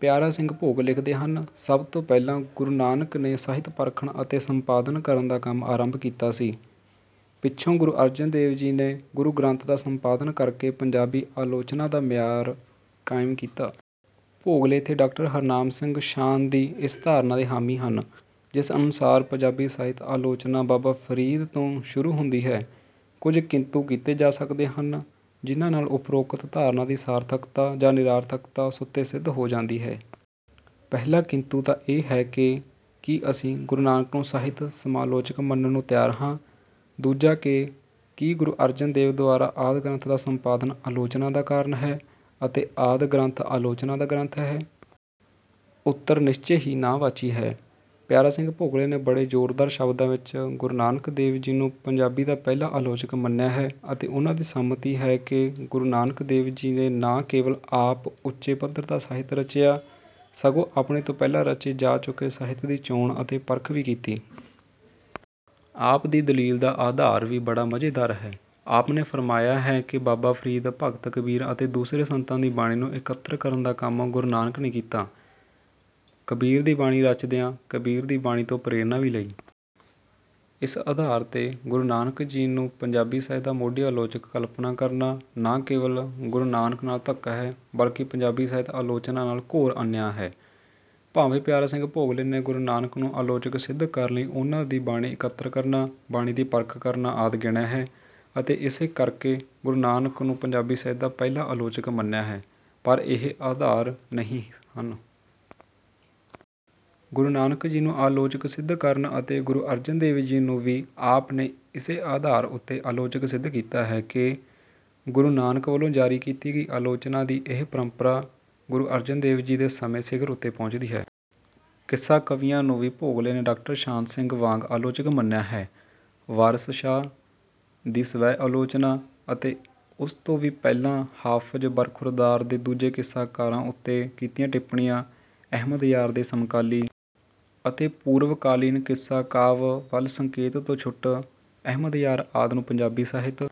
ਪਿਆਰਾ ਸਿੰਘ ਭੋਗਲੇ ਲਿਖਦੇ ਹਨ: ਸਭ ਤੋਂ ਪਹਿਲਾਂ ਗੁਰੂ ਨਾਨਕ ਨੇ ਸਾਹਿਤ-ਪਰਖਣ ਅਤੇ ਸੰਪਾਦਨ ਕਰਨ ਦਾ ਕੰਮ ਆਰੰਭ ਕੀਤਾ ਸੀ। ਪਿੱਛੋਂ ਗੁਰੂ ਅਰਜਨ ਦੇਵ ਜੀ ਨੇ ਗੁਰੂ ਗ੍ਰੰਥ ਦਾ ਸੰਪਾਦਨ ਕਰਕੇ ਪੰਜਾਬੀ ਆਲੋਚਨਾ ਦਾ ਮਿਆਰ ਕਾਇਮ ਕੀਤਾ। ਭੋਗਲੇ ਇੱਥੇ ਡਾਕਟਰ ਹਰਨਾਮ ਸਿੰਘ ਸ਼ਾਨ ਦੀ ਇਸ ਧਾਰਨਾ ਦੇ ਹਾਮੀ ਹਨ, ਜਿਸ ਅਨੁਸਾਰ ਪੰਜਾਬੀ ਸਾਹਿਤ ਆਲੋਚਨਾ ਬਾਬਾ ਫਰੀਦ ਤੋਂ ਸ਼ੁਰੂ ਹੁੰਦੀ ਹੈ। ਕੁਝ ਕਿੰਤੂ ਕੀਤੇ ਜਾ ਸਕਦੇ ਹਨ, ਜਿਨ੍ਹਾਂ ਨਾਲ ਉਪਰੋਕਤ ਧਾਰਨਾ ਦੀ ਸਾਰਥਕਤਾ ਜਾਂ ਨਿਰਾਰਥਕਤਾ ਸੁਤੇ-ਸਿੱਧ ਹੋ ਜਾਂਦੀ ਹੈ। ਪਹਿਲਾ ਕਿੰਤੂ ਤਾਂ ਇਹ ਹੈ ਕਿ ਕੀ ਅਸੀਂ ਗੁਰੂ ਨਾਨਕ ਨੂੰ ਸਾਹਿਤ ਸਮਾਲੋਚਕ ਮੰਨਣ ਨੂੰ ਤਿਆਰ ਹਾਂ? ਦੂਜਾ ਕਿ ਕੀ ਗੁਰੂ ਅਰਜਨ ਦੇਵ ਦੁਆਰਾ ਆਦਿ ਗ੍ਰੰਥ ਦਾ ਸੰਪਾਦਨ ਆਲੋਚਨਾ ਦਾ ਕਾਰਨ ਹੈ ਅਤੇ ਆਦਿ ਗ੍ਰੰਥ ਆਲੋਚਨਾ ਦਾ ਗ੍ਰੰਥ ਹੈ? ਉੱਤਰ ਨਿਸ਼ਚੇ ਹੀ ਨਾਂਹਵਾਚੀ ਹੈ। ਪਿਆਰਾ ਸਿੰਘ ਭੋਗਲੇ ਨੇ ਬੜੇ ਜ਼ੋਰਦਾਰ ਸ਼ਬਦਾਂ ਵਿੱਚ ਗੁਰੂ ਨਾਨਕ ਦੇਵ ਜੀ ਨੂੰ ਪੰਜਾਬੀ ਦਾ ਪਹਿਲਾ ਆਲੋਚਕ ਮੰਨਿਆ ਹੈ ਅਤੇ ਉਹਨਾਂ ਦੀ ਸੰਮਤੀ ਹੈ ਕਿ ਗੁਰੂ ਨਾਨਕ ਦੇਵ ਜੀ ਨੇ ਨਾ ਕੇਵਲ ਆਪ ਉੱਚੇ ਪੱਧਰ ਦਾ ਸਾਹਿਤ ਰਚਿਆ, ਸਗੋਂ ਆਪਣੇ ਤੋਂ ਪਹਿਲਾਂ ਰਚੇ ਜਾ ਚੁੱਕੇ ਸਾਹਿਤ ਦੀ ਚੋਣ ਅਤੇ ਪਰਖ ਵੀ ਕੀਤੀ। ਆਪ ਦੀ ਦਲੀਲ ਦਾ ਆਧਾਰ ਵੀ ਬੜਾ ਮਜ਼ੇਦਾਰ ਹੈ। ਆਪ ਨੇ ਫਰਮਾਇਆ ਹੈ ਕਿ ਬਾਬਾ ਫਰੀਦ, ਭਗਤ ਕਬੀਰ ਅਤੇ ਦੂਸਰੇ ਸੰਤਾਂ ਦੀ ਬਾਣੀ ਨੂੰ ਇਕੱਤਰ ਕਰਨ ਦਾ ਕੰਮ ਗੁਰੂ ਨਾਨਕ ਨੇ ਕੀਤਾ। ਕਬੀਰ ਦੀ ਬਾਣੀ ਰਚਦਿਆਂ ਕਬੀਰ ਦੀ ਬਾਣੀ ਤੋਂ ਪ੍ਰੇਰਨਾ ਵੀ ਲਈ। ਇਸ ਆਧਾਰ 'ਤੇ ਗੁਰੂ ਨਾਨਕ ਜੀ ਨੂੰ ਪੰਜਾਬੀ ਸਾਹਿਤ ਦਾ ਮੋਢੀ ਆਲੋਚਕ ਕਲਪਨਾ ਕਰਨਾ ਨਾ ਕੇਵਲ ਗੁਰੂ ਨਾਨਕ ਨਾਲ ਧੱਕਾ ਹੈ, ਬਲਕਿ ਪੰਜਾਬੀ ਸਾਹਿਤ ਆਲੋਚਨਾ ਨਾਲ ਘੋਰ ਅਨਿਆਂ ਹੈ। ਭਾਵੇਂ ਪਿਆਰਾ ਸਿੰਘ ਭੋਗਲੇ ਨੇ ਗੁਰੂ ਨਾਨਕ ਨੂੰ ਆਲੋਚਕ ਸਿੱਧ ਕਰਨ ਲਈ ਉਹਨਾਂ ਦੀ ਬਾਣੀ ਇਕੱਤਰ ਕਰਨਾ, ਬਾਣੀ ਦੀ ਪਰਖ ਕਰਨਾ ਆਦਿ ਗਿਣਿਆ ਹੈ, ਅਤੇ ਇਸੇ ਕਰਕੇ ਗੁਰੂ ਨਾਨਕ ਨੂੰ ਪੰਜਾਬੀ ਸਾਹਿਤ ਦਾ ਪਹਿਲਾ ਆਲੋਚਕ ਮੰਨਿਆ ਹੈ, ਪਰ ਇਹ ਆਧਾਰ ਨਹੀਂ ਹਨ। ਗੁਰੂ ਨਾਨਕ ਜੀ ਨੂੰ ਆਲੋਚਕ ਸਿੱਧ ਕਰਨ ਅਤੇ ਗੁਰੂ ਅਰਜਨ ਦੇਵ ਜੀ ਨੂੰ ਵੀ ਆਪ ਨੇ ਇਸੇ ਆਧਾਰ ਉੱਤੇ ਆਲੋਚਕ ਸਿੱਧ ਕੀਤਾ ਹੈ ਕਿ ਗੁਰੂ ਨਾਨਕ ਵੱਲੋਂ ਜਾਰੀ ਕੀਤੀ ਗਈ ਆਲੋਚਨਾ ਦੀ ਇਹ ਪ੍ਰੰਪਰਾ ਗੁਰੂ ਅਰਜਨ ਦੇਵ ਜੀ ਦੇ ਸਮੇਂ ਸਿਖਰ ਉੱਤੇ ਪਹੁੰਚਦੀ ਹੈ। ਕਿੱਸਾ ਕਵੀਆਂ ਨੂੰ ਵੀ ਭੋਗਲੇ ਨੇ ਡਾਕਟਰ ਸ਼ਾਨ ਸਿੰਘ ਵਾਂਗ ਆਲੋਚਕ ਮੰਨਿਆ ਹੈ। ਵਾਰਸ ਸ਼ਾਹ ਦੀ ਸਵੈ-ਆਲੋਚਨਾ ਅਤੇ ਉਸ ਤੋਂ ਵੀ ਪਹਿਲਾਂ ਹਾਫ਼ਜ਼ ਬਰਖ਼ੁਰਦਾਰ ਦੇ ਦੂਜੇ ਕਿੱਸਾਕਾਰਾਂ ਉੱਤੇ ਕੀਤੀਆਂ ਟਿੱਪਣੀਆਂ, ਅਹਿਮਦਯਾਰ ਦੇ ਸਮਕਾਲੀ ਅਤੇ ਪੂਰਵਕਾਲੀਨ ਕਿੱਸਾ ਕਾਵਿ ਵੱਲ ਸੰਕੇਤ ਤੋਂ ਛੁੱਟ, ਅਹਿਮਦਯਾਰ ਆਦਿ ਨੂੰ ਪੰਜਾਬੀ ਸਾਹਿਤ